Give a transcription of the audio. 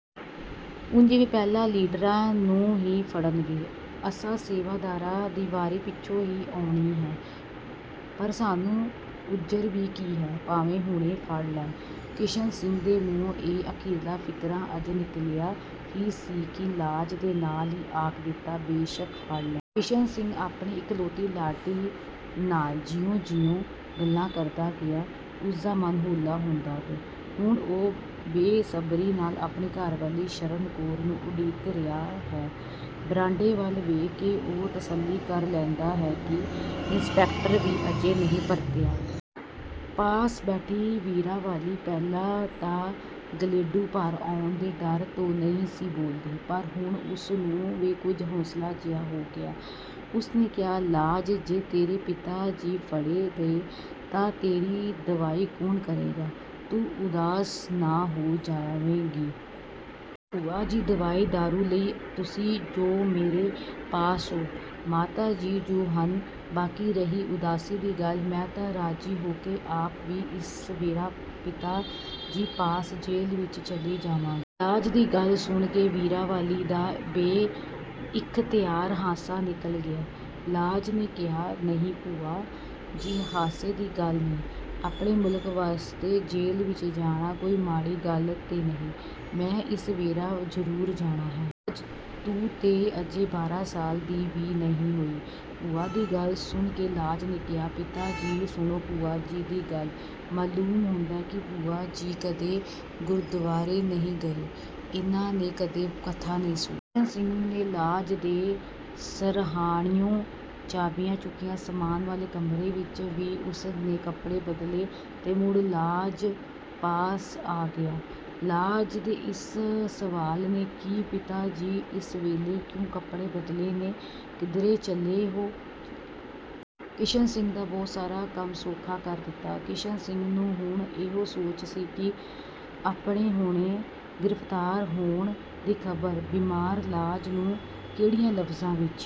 ਉਂਜ ਵੀ ਪਹਿਲਾਂ ਲੀਡਰਾਂ ਨੂੰ ਹੀ ਫੜਨਗੇ, ਅਸਾਂ ਸੇਵਾਦਾਰਾਂ ਦੀ ਵਾਰੀ ਪਿਛੋਂ ਹੀ ਆਉਣੀ ਹੈ, ਪਰ ਸਾਨੂੰ ਉਜ਼ਰ ਵੀ ਕੀ ਹੈ? ਭਾਵੇਂ ਹੁਣੇ ਫੜ ਲੈਣ। ਕਿਸ਼ਨ ਸਿੰਘ ਦੇ ਮੂੰਹੋਂ ਇਹ ਅਖੀਰਲਾ ਫ਼ਿਕਰਾ ਅਜੇ ਨਿਕਲਿਆ ਹੀ ਸੀ ਕਿ ਲਾਜ ਨੇ ਨਾਲ ਹੀ ਆਖ ਦਿੱਤਾ:- "ਬੇਸ਼ਕ ਫੜ ਲੈਣ"। ਕਿਸ਼ਨ ਸਿੰਘ ਆਪਣੀ ਇਕਲੌਤੀ ਲਾਡਲੀ ਨਾਲ ਜਿਉਂ-ਜਿਉਂ ਗੱਲਾਂ ਕਰਦਾ ਗਿਆ, ਉਸਦਾ ਮਨ ਹੌਲਾ ਹੁੰਦਾ ਗਿਆ। ਹੁਣ ਉਹ ਬੇਸਬਰੀ ਨਾਲ ਆਪਣੀ ਘਰਵਾਲੀ ਸਰਨ ਕੌਰ ਨੂੰ ਉਡੀਕ ਰਿਹਾ ਹੈ। ਬਰਾਂਡੇ ਵੱਲ ਵੇਖ ਕੇ ਉਹ ਤਸੱਲੀ ਕਰ ਲੈਂਦਾ ਹੈ ਕਿ ਇੰਸਪੈਕਟਰ ਵੀ ਅਜੇ ਨਹੀਂ ਪਰਤਿਆ। ਪਾਸ ਬੈਠੀ ਵੀਰਾਂ ਵਾਲੀ ਪਹਿਲਾਂ ਤਾਂ ਗਲੇਡੂ ਭਰ ਆਉਣ ਦੇ ਡਰ ਤੋਂ ਨਹੀਂ ਸੀ ਬੋਲਦੀ ਪਰ ਹੁਣ ਉਸ ਨੂੰ ਵੀ ਕੁਝ ਹੌਸਲਾ ਜਿਹਾ ਹੋ ਗਿਆ। ਉਸ ਨੇ ਕਿਹਾ:- "ਲਾਜ, ਜੇ ਤੇਰੇ ਪਿਤਾ ਜੀ ਫੜੇ ਗਏ ਤਾਂ ਤੇਰੀ ਦਵਾਈ ਕੌਣ ਕਰੇਗਾ, ਤੂੰ ਉਦਾਸ ਨਾ ਹੋ ਜਾਵੇਂਗੀ"? ਭੂਆ ਜੀ, ਦਵਾਈ ਦਾਰੂ ਲਈ ਤੁਸੀਂ ਜੁ ਮੇਰੇ ਪਾਸ ਹੋ, ਮਾਤਾ ਜੀ ਜੁ ਹਨ, ਬਾਕੀ ਰਹੀ ਉਦਾਸੀ ਦੀ ਗੱਲ, ਮੈਂ ਤਾਂ ਰਾਜ਼ੀ ਹੋ ਕੇ ਆਪ ਵੀ ਇਸ ਵੇਰਾਂ ਪਿਤਾ ਜੀ ਪਾਸ ਜੇਲ ਵਿੱਚ ਚਲੀ ਜਾਵਾਂਗੀ। ਲਾਜ ਦੀ ਗਲ ਸੁਣ ਕੇ ਵੀਰਾਂ ਵਾਲੀ ਦਾ ਬੇ-ਇਖਤਿਆਰ ਹਾਸਾ ਨਿਕਲ ਗਿਆ। ਲਾਜ ਨੇ ਕਿਹਾ:- "ਨਹੀਂ ਭੂਆ ਜੀ ਹਾਸੇ ਦੀ ਗੱਲ ਨਹੀਂ, ਆਪਣੇ ਮੁਲਕ ਵਾਸਤੇ ਜੇਲ ਵਿੱਚ ਜਾਣਾ ਕੋਈ ਮਾੜੀ ਗੱਲ ਤੇ ਨਹੀਂ, ਮੈਂ ਇਸ ਵੇਰਾਂ ਜ਼ਰੂਰ ਜਾਣਾ ਹੈ। ਲਾਜ, ਤੂੰ ਤੇ ਅਜੇ ਬਾਰਾਂ ਸਾਲਾਂ ਦੀ ਵੀ ਨਹੀਂ ਹੋਈ। ਭੂਆ ਦੀ ਗੱਲ ਸੁਣ ਕੇ ਲਾਜ ਨੇ ਕਿਹਾ:- "ਪਿਤਾ ਜੀ, ਸੁਣੋ ਭੂਆ ਜੀ ਦੀ ਗੱਲ, ਮਲੂਮ ਹੁੰਦਾ ਹੈ, ਕਿ ਭੂਆ ਜੀ ਕਦੇ ਗੁਰਦਵਾਰੇ ਨਹੀਂ ਗਏ, ਇਨ੍ਹਾਂ ਨੇ ਕਦੇ ਕਥਾ ਨਹੀਂ ਸੁਣੀ। ਕਿਸ਼ਨ ਸਿੰਘ ਨੇ ਲਾਜ ਦੇ ਸਰਹਾਣਿਓ ਚਾਬੀਆਂ ਚੁੱਕੀਆ, ਸਾਮਾਨ ਵਾਲੇ ਕਮਰੇ ਵਿੱਚ ਹੀ ਉਸ ਨੇ ਕੱਪੜੇ ਬਦਲੇ, ਤੇ ਮੁੜ ਲਾਜ ਪਾਸ ਆ ਗਿਆ। ਲਾਜ ਦੇ ਇਸ ਸਵਾਲ ਨੇ ਕਿ "ਪਿਤਾ ਜੀ, ਇਸ ਵੇਲੇ ਕਿਉਂ ਕੱਪੜੇ ਬਦਲੇ ਨੇ, ਕਿਧਰੇ ਚਲੋ ਹੋ? ਕਿਸ਼ਨ ਸਿੰਘ ਦਾ ਬਹੁਤ ਸਾਰਾ ਕੰਮ ਸੌਖਾ ਕਰ ਦਿੱਤਾ। ਕਿਸ਼ਨ ਸਿੰਘ ਨੂੰ ਹੁਣ ਇਹੋ ਸੋਚ ਸੀ ਕਿ ਆਪਣੇ ਹੁਣੇ ਗ੍ਰਿਫ਼ਤਾਰ ਹੋਣ ਦੀ ਖ਼ਬਰ ਬੀਮਾਰ ਲਾਜ ਨੂੰ ਕੇਹੜਿਆਂ ਲਫਜ਼ਾਂ ਵਿੱਚ